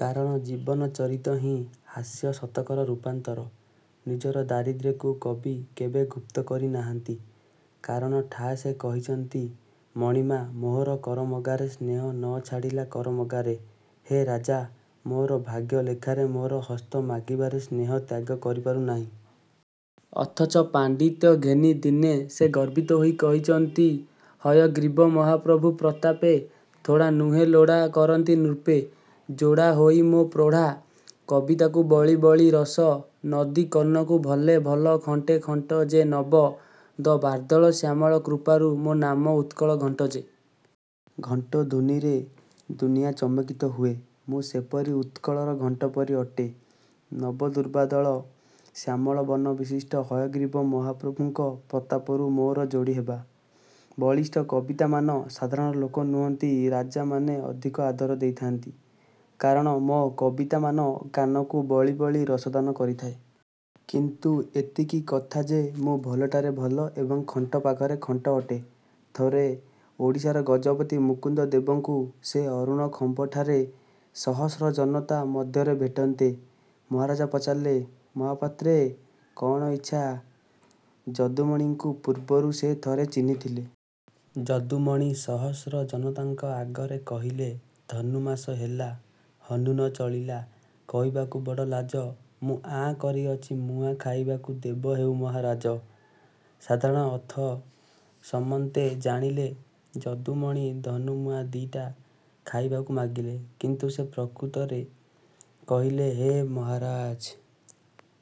କାରଣ ଜୀବନଚରିତ ହିଁ ହାସ୍ୟଶତକର ରୂପାନ୍ତର। ନିଜର ଦାରିଦ୍ର୍ୟକୁ କବି କେବେ ଗୁପ୍ତକରି ନାହାନ୍ତି। କାରଣ ଠାଏ ସେ କହିଛନ୍ତି- ମଣିମା ମୋହର କରମଗାରେ ସ୍ନେହ ନଛାଡ଼ିଲା କର ମଗାରେ। ହେ ରାଜା! ମୋର ଭାଗ୍ୟ ଲେଖାରେ ମୋର ହସ୍ତ ମାଗିବାରେ ସ୍ନେହ ତ୍ୟାଗ କରିପାରୁ ନାହିଁ। ଅଥଚ ପାଣ୍ଡିତ୍ୟ ଘେନି ଦିନେ ସେ ଗର୍ବିତ ହୋଇ କହିଛନ୍ତି- ହୟଗ୍ରୀବ ମହାପ୍ରଭୁ ପ୍ରତାପେ ଥୋଡ଼ା ନୁହେଁ ଲୋଡ଼ା କରନ୍ତି ନୃପେ ଯୋଡ଼ା ହୋଇ ମୋ ପ୍ରୋଢ଼ା କବିତାକୁ ବଳି ବଳି ରସ ନଦୀ କର୍ଣ୍ଣକୁ ଭଲେ ଭଲ ଖଣ୍ଟେ ଖଣ୍ଟ ଯେ ନବ ଦ ର୍ବାଦଳ ଶ୍ୟାମଳ କୃପାରୁ ମୋ ନାମ ଉତ୍କଳ ଘଣ୍ଟ ଯେ। ଘଣ୍ଟ ଧ୍ୱନିରେ ଦୁନିଆ ଚମକିତ ହୁଏ। ମୁଁ ସେପରି ଉତ୍କଳର ଘଣ୍ଟ ପରି ଅଟେ। ନବଦୂର୍ବାଦଳ ଶ୍ୟାମଳ ବର୍ଣ୍ଣ ବିଶିଷ୍ଟ ହୟଗ୍ରୀବ ମହାପ୍ରଭୁଙ୍କ ପ୍ରତାପରୁ ମୋର ଯୋଡ଼ିହେବା। ବଳିଷ୍ଠ କବିତାମାନ ସାଧାରଣ ଲୋକ ନୁହନ୍ତି ରାଜାମାନେ ଅଧିକ ଆଦର ଦେଇଥାନ୍ତି। କାରଣ ମୋ କବିତାମାନ କାନକୁ ବଳି ବଳି ରସଦାନ କରିଥାଏ। କିନ୍ତୁ ଏତିକି କଥା ଯେ ମୁଁ ଭଲଠାରେ ଭଲ ଏବଂ ଖଣ୍ଟ ପାଖରେ ଖଣ୍ଟ ଅଟେ। ଥରେ ଓଡ଼ିଶାର ଗଜପତି ମୁକୁନ୍ଦଦେବଙ୍କୁ ସେ ଅରୁଣ ଖମ୍ବଠାରେ ସହସ୍ର ଜନତା ମଧ୍ୟରେ ଭେଟନ୍ତେ ମହାରାଜା ପଚାରିଥିଲେ ''ମହାପାତ୍ରେ କ'ଣ ଇଚ୍ଛା? " ଯଦୁମଣିଙ୍କୁ ପୂର୍ବରୁ ସେ ଥରେ ଚିହ୍ନିଥିଲେ। ଯଦୁମଣି ସହସ୍ର ଜନତାଙ୍କ ଆଗରେ କହିଲେ- ଧନୁମାସ ହେଲା ହନୁ ନ ଚଳିଲା କହିବାକୁ ବଡ଼ଲାଜ ମୁଁ ଆଁ କରିଅଛି ମୁଆଁ ଖାଇବାକୁ ଦେବ ହେଉ ମହାରାଜ। ସାଧାରଣ ଅର୍ଥ ସମନ୍ତେ ଜାଣିଲେ ଯଦୁମଣି ଧନୁମୁଆଁ ଦିଟା ଖାଇବାକୁ ମାଗିଲେ। କିନ୍ତୁ ସେ ପ୍ରକୃତରେ କହିଲେ- ହେ ମହାରାଜ!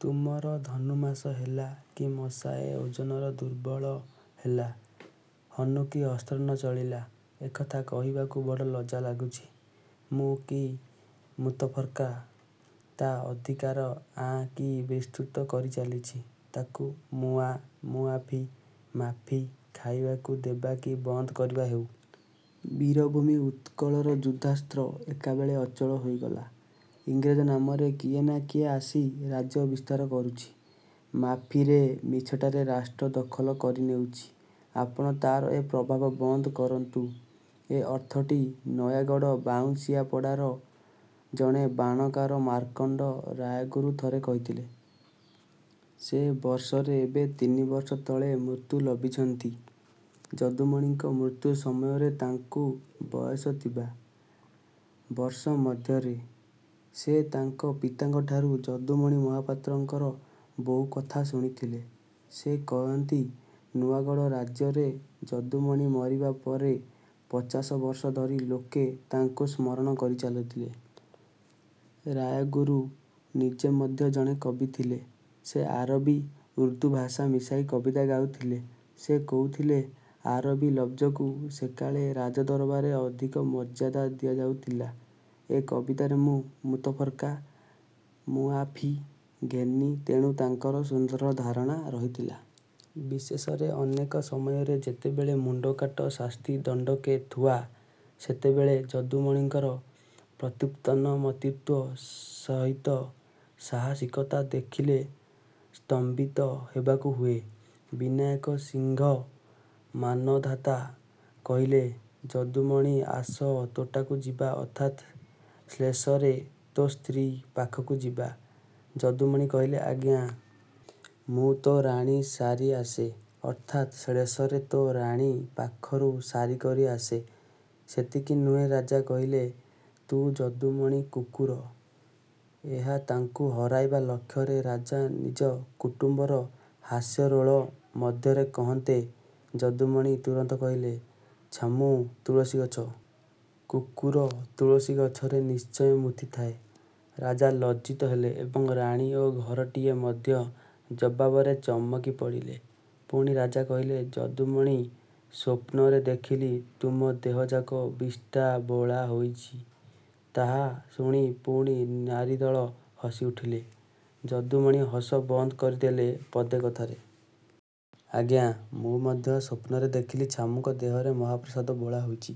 ତୁମର ଧନୁ ମାଷ ହେଲା କି ମଷାଏ ଓଜନର ଦୁର୍ବଳ ହେଲା। ହନୁ କି ଅସ୍ତ୍ର ନ ଚଳିଲା। ଏ କଥା କହିବାକୁ ବଡ଼ ଲଜ୍ଜା ଲାଗୁଛି। ମୂଁ−କି ମୁତଫର୍କା ତା ଅଧିକାର ଆଁ−କି ବିସ୍ତୃତ କରି ଚାଲିଛି। ତାକୁ ମୁଆ−ମୁଆଫି-ମାଫି ଖାଇବାକୁ 'ଦେବା' କି ବନ୍ଦ କରିବା ହେଉ। ବୀରଭୂମି ଉତ୍କଳର ଯୁଦ୍ଧାସ୍ତ୍ର ଏକାବେଳେ ଅଚଳ ହୋଇଗଲା। ଇଂରେଜ ନାମରେ କିଏ ନାଁ କିଏ ଆସି ରାଜ୍ୟ ବିସ୍ତାର କରୁଛି। ମାଫିରେ ମିଛଟାରେ ରାଷ୍ଟ୍ର ଦଖଲ କରି ନେଉଛି। ଆପଣ ତାର ଏ ପ୍ରଭାବ ବନ୍ଦ କରନ୍ତୁ। ଏ ଅର୍ଥଟି ନୟାଗଡ଼ ବାଉଁଶିଆପଡ଼ାର ଜଣେ ବାଣକାର ମାର୍କଣ୍ଡ ରାୟଗୁରୁ ଥରେ କହିଥିଲେ। ସେ ବର୍ଷରେ ଏବେ ତିନି ବର୍ଷ ତଳେ ମୃତ୍ୟୁ ଲଭିଛନ୍ତି। ଯଦୁମଣିଙ୍କ ମୃତ୍ୟୁ ସମୟରେ ତାଙ୍କୁ ବୟସ ଥିବା। ବର୍ଷ ମଧ୍ୟରେ। ସେ ତାଙ୍କ ପିତାଙ୍କଠାରୁ ଯଦୁମଣି ମହାପାତ୍ରଙ୍କର ବହୁକଥା ଶୁଣିଥିଲେ। ସେ କହନ୍ତି ନୂଆଗଡ଼ ରାଜ୍ୟରେ ଯଦୁମଣି ମରିବା ପରେ ପଚାଶ ବର୍ଷ ଧରି ଲୋକେ ତାଙ୍କୁ ସ୍ମରଣ କରି ଚାଲିଥିଲେ। ରାୟଗୁରୁ ନିଜେ ମଧ୍ୟ ଜଣେ କବି ଥିଲେ। ସେ ଆରବି, ଉର୍ଦ୍ଦୁ ଭାଷା ମିଶାଇ କବିତା ଗାଉଥିଲେ। ସେ କହୁଥିଲେ ଆରବି ଲବ୍ଜକୁ ସେକାଳେ ରାଜଦରବାରେ ଅଧିକ ମର୍ଯ୍ୟାଦା ଦିଆଯାଉଥିଲା। ଏ କବିତାରେ ମୁଁ ମୁତଫର୍କା, ମୁଆଫି ଘେନି ତେଣୁ ତାଙ୍କର ସୁନ୍ଦର ଧାରଣା ରହିଥିଲା। ବିଶେଷରେ ଅନେକ ସମୟରେ ଯେତେବେଳେ ମୁଣ୍ଡକାଟ ଶାସ୍ତି ଦଣ୍ଡକେ ଥୁଆ, ସେତେବେଳେ ଯଦୁମଣିଙ୍କର ପ୍ରତ୍ୟୁତ୍ପନ୍ନମତିତ୍ୱ ସହିତ ସାହସିକତା ଦେଖିଲେ ସ୍ତମ୍ଭିତ ହେବାକୁ ହୁଏ। ବିନାୟକ ସିଂହ ମାନଧାତା କହିଲେ-ଯଦୁମଣି ଆସ ତୋଟାକୁ ଯିବା ଅର୍ଥାତ୍ ଶ୍ଳେଷରେ ତୋ ସ୍ତ୍ରୀ ପାଖକୁ ଯିବା। ଯଦୁମଣି କହିଲେ ଆଜ୍ଞା! ମୁଁ ତୋ ରାଣୀ ସାରି ଆସେ। ଅର୍ଥାତ୍ ଶ୍ଳେଷରେ ତୋ ରାଣୀ ପାଖରୁ ସାରି କରି ଆସେ। ସେତିକି ନୁହେଁ ରାଜା କହିଲେ-ତୁ ଯଦୁମଣି କୁକୁର। ଏହା ତାଙ୍କୁ ହରାଇବା ଲକ୍ଷରେ ରାଜା ନିଜ କୁଟୁମ୍ବର ହାସ୍ୟରୋଳ ମଧ୍ୟରେ କହନ୍ତେ, ଯଦୁମଣି ତୁରନ୍ତ କହିଲେ-ଛାମୁଁ ତୁଳସୀଗଛ। କୁକୁର ତୁଳସୀଗଛରେ ନିଶ୍ଚୟ ମୂତିଥାଏ। ରାଜା ଲଜ୍ଜିତ ହେଲେ ଏବଂ ରାଣୀ ଓ ଘରଟିଏ ମଧ୍ୟ ଜବାବରେ ଚମକି ପଡ଼ିଲେ। ପୁଣି ରାଜା କହିଲେ ''ଯଦୁମଣି, ସ୍ୱପ୍ନରେ ଦେଖିଲି ତୁମ ଦେହଯାକ ବିଷ୍ଠା ବୋଳା ହୋଇଛି। ତାହା ଶୁଣି ପୁଣି ନାରୀଦଳ ହସିଉଠିଲେ। ଯଦୁମଣି ହସ ବନ୍ଦ କରିଦେଲେ ପଦେ କଥାରେ। ''ଆଜ୍ଞା! ମୁଁ ମଧ୍ୟ ସ୍ୱପ୍ନରେ ଦେଖିଲି ଛାମୁଁଙ୍କ ଦେହରେ ମହାପ୍ରସାଦ ବୋଳା ହୋଇଛି।